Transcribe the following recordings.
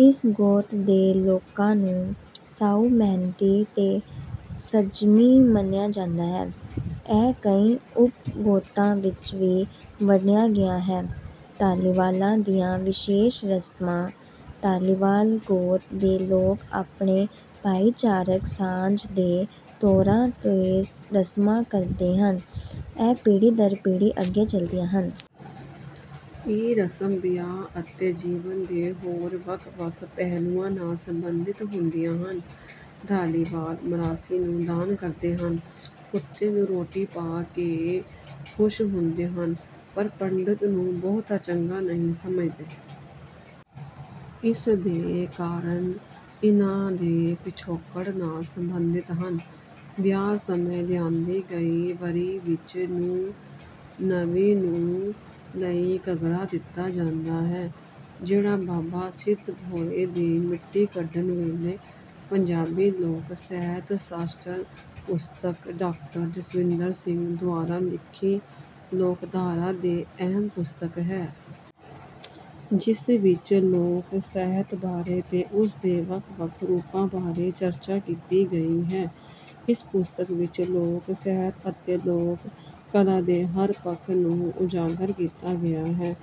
ਇਸ ਗੋਤ ਦੇ ਲੋਕਾਂ ਨੂੰ ਸਾਊ ਮਿਹਨਤੀ ਤੇ ਸੰਜਮੀ ਮੰਨਿਆ ਜਾਂਦਾ ਹੈ। ਇਹ ਕਈ ਉਪ ਗੋਤਾਂ ਵਿੱਚ ਵੀ ਵੰਡਿਆ ਗਿਆ ਹੈ। ਧਾਲੀਵਾਲਾਂ ਦੀਆਂ ਵਿਸ਼ੇਸ਼ ਰਸਮਾਂ ਧਾਲੀਵਾਲ ਗੋਤ ਦੇ ਲੋਕ ਆਪਣੇ ਭਾਈਚਾਰਕ ਸਾਂਝ ਦੇ ਤੌਰ ਤੇ ਰਸਮਾਂ ਕਰਦੇ ਹਨ ਇਹ ਪੀੜ੍ਹੀ ਦਰ ਪੀੜ੍ਹੀ ਅੱਗੇ ਚਲਦੀਆਂ ਹਨ। ਇਹ ਰਸਮਾਂ ਵਿਆਹ ਅਤੇ ਜੀਵਨ ਦੇ ਹੋਰ ਵੱਖ ਵੱਖ ਪਹਿਲੂਆਂ ਨਾਲ ਸੰਬੰਧਿਤ ਹੁੰਦੀਆਂ ਹਨ। ਧਾਲੀਵਾਲ ਮਰਾਸੀ ਨੂੰ ਦਾਨ ਕਰਦੇ ਹਨ। ਕੁੱਤੇ ਨੂੰ ਰੋਟੀ ਪਾ ਕੇ ਖੁਸ਼ ਹੁੰਦੇ ਹਨ ਪਰ ਪੰਡਤ ਨੂੰ ਬਹੁਤਾ ਚੰਗਾ ਨਹੀਂ ਸਮਝਦੇ। ਇਸ ਦੇ ਕਾਰਨ ਇਹਨਾਂ ਦੇ ਪਿਛੋਕੜ ਨਾਲ ਸੰਬੰਧਿਤ ਹਨ। ਵਿਆਹ ਸਮੇਂ ਲਿਆਂਦੀ ਗਈ ਵਰੀ ਵਿੱਚ ਨਵੀਂ ਨੂੰਹ ਲਈ ਘੱਗਰਾ ਦਿੱਤਾ ਜਾਂਦਾ ਹੈ ਜਿਹੜਾ ਬਾਬਾ ਸਿੱਧ ਭੋਇੰ ਦੀ ਮਿੱਟੀ ਕੱਢਣ ਵੇਲੇ। ਪੰਜਾਬੀ ਲੋਕ ਸਾਹਿਤ ਸ਼ਾਸਤਰ ਪੁਸਤਕ ਡਾਕਟਰ ਜਸਵਿੰਦਰ ਸਿੰਘ ਦੁਆਰਾ ਲਿਖੀ ਲੋਕਧਾਰਾ ਦੀ ਅਹਿਮ ਪੁਸਤਕ ਹੈ। ਜਿਸ ਵਿੱਚ ਲੋਕ ਸਾਹਿਤ ਬਾਰੇ ਤੇ ਉਸਦੇ ਵੱਖ ਵੱਖ ਰੂਪਾਂ ਬਾਰੇ ਚਰਚਾ ਕੀਤੀ ਗਈ ਹੈ। ਇਸ ਪੁਸਤਕ ਵਿੱਚ ਲੋਕ ਸਾਹਿਤ ਅਤੇ ਲੋਕ ਕਲਾ ਦੇ ਹਰ ਪੱਖ ਨੂੰ ਉਜਾਗਰ ਕੀਤਾ ਗਿਆ ਹੈ।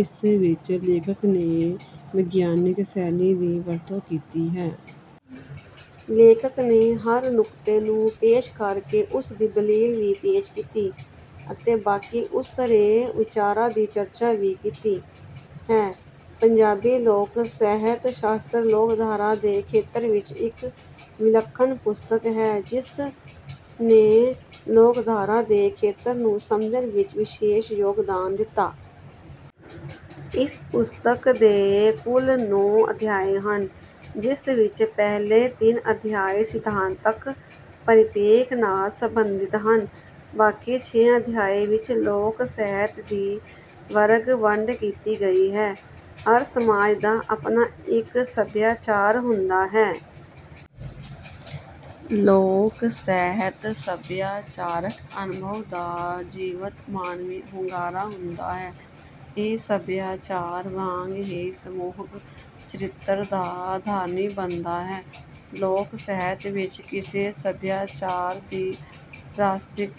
ਇਸ ਵਿੱਚ ਲੇਖਕ ਨੇ ਵਿਗਿਆਨਕ ਸ਼ੈਲੀ ਦੀ ਵਰਤੋਂ ਕੀਤੀ ਹੈ। ਲੇਖਕ ਨੇ ਹਰ ਨੁਕਤੇ ਨੂੰ ਪੇਸ਼ ਕਰਕੇ ਉਸਦੀ ਦਲੀਲ ਵੀ ਪੇਸ਼ ਕੀਤੀ ਅਤੇ ਬਾਕੀ ਉਸਰੇ ਵਿਚਾਰਾਂ ਦੀ ਚਰਚਾ ਵੀ ਕੀਤੀ ਹੈ। ਪੰਜਾਬੀ ਲੋਕ ਸਾਹਿਤ ਸ਼ਾਸਤਰ ਲੋਕਧਾਰਾ ਦੇ ਖੇਤਰ ਵਿੱਚ ਇੱਕ ਵਿਲੱਖਣ ਪੁਸਤਕ ਹੈ ਜਿਸਨੇ ਲੋਕਧਾਰਾ ਦੇ ਖੇਤਰ ਨੂੰ ਸਮਝਣ ਵਿੱਚ ਵਿਸ਼ੇਸ਼ ਯੋਗਦਾਨ ਦਿੱਤਾ। ਇਸ ਪੁਸਤਕ ਦੇ ਕੁੱਲ ਨੌਂ ਅਧਿਆਏ ਹਨ। ਜਿਸ ਵਿੱਚ ਪਹਿਲੇ ਤਿੰਨ ਅਧਿਆਏ ਸਿਧਾਂਤਕ ਪਰਿਪੇਖ ਨਾਲ ਸੰਬੰਧਿਤ ਹਨ ਬਾਕੀ ਛੇ ਅਧਿਆਏ ਵਿੱਚ ਲੋਕ ਸਾਹਿਤ ਦੀ ਵਰਗ ਵੰਡ ਕੀਤੀ ਗਈ ਹੈ। ਹਰ ਸਮਾਜ ਦਾ ਆਪਣਾ ਇੱਕ ਸਭਿਆਚਾਰ ਹੁੰਦਾ ਹੈ। ਲੋਕ ਸਾਹਿਤ ਸਭਿਆਚਾਰਕ ਅਨੁਭਵ ਦਾ ਜੀਵੰਤ ਮਾਨਵੀ ਹੁੰਗਾਰਾ ਹੁੰਦਾ ਹੈ ਇਹ ਸਭਿਆਚਾਰ ਵਾਂਗ ਹੀ ਸਮੂਹਿਕ ਚਰਿਤਰ ਦਾ ਧਾਰਨੀ ਬਣਦਾ ਹੈ। ਲੋਕ ਸਾਹਿਤ ਵਿੱਚ ਕਿਸੇ ਸਭਿਆਚਾਰ ਦੀ ਤ੍ਰਾਸਦਿਕ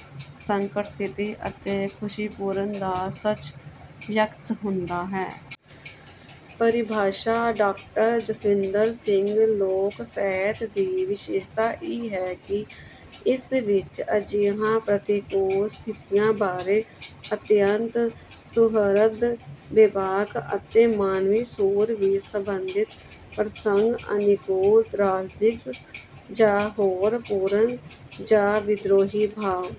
ਸੰਕਟ ਸਥਿਤੀ ਅਤੇ ਖੁਸ਼ੀਪੂਰਨ ਦਾ ਸੱਚ ਵਿਅਕਤ ਹੁੰਦਾ ਹੈ। ਪਰਿਭਾਸ਼ਾ ਡਾਕਟਰ ਜਸਵਿੰਦਰ ਸਿੰਘ ਲੋਕ ਸਾਹਿਤ ਦੀ ਵਿਸ਼ੇਸ਼ਤਾ ਇਹ ਹੈ ਕਿ ਇਸ ਵਿੱਚ ਅਜਿਹੀਆਂ ਪ੍ਰਤਿਕੂਲ ਸਥਿਤੀਆਂ ਬਾਰੇ ਅਤਿਅੰਤ ਸੁਹਿਰਦ ਬੇਬਾਕ ਅਤੇ ਮਾਨਵੀ ਸੁਰ ਵਿੱਚ ਸੰਬੰਧਿਤ ਪ੍ਰਸੰਗ ਅਨੁਕੂਲ ਤ੍ਰਾਸਦਿਕ ਜਾਂ ਰੋਹ ਪੂਰਨ ਜਾਂ ਵਿਦ੍ਰੋਹੀ ਭਾਵ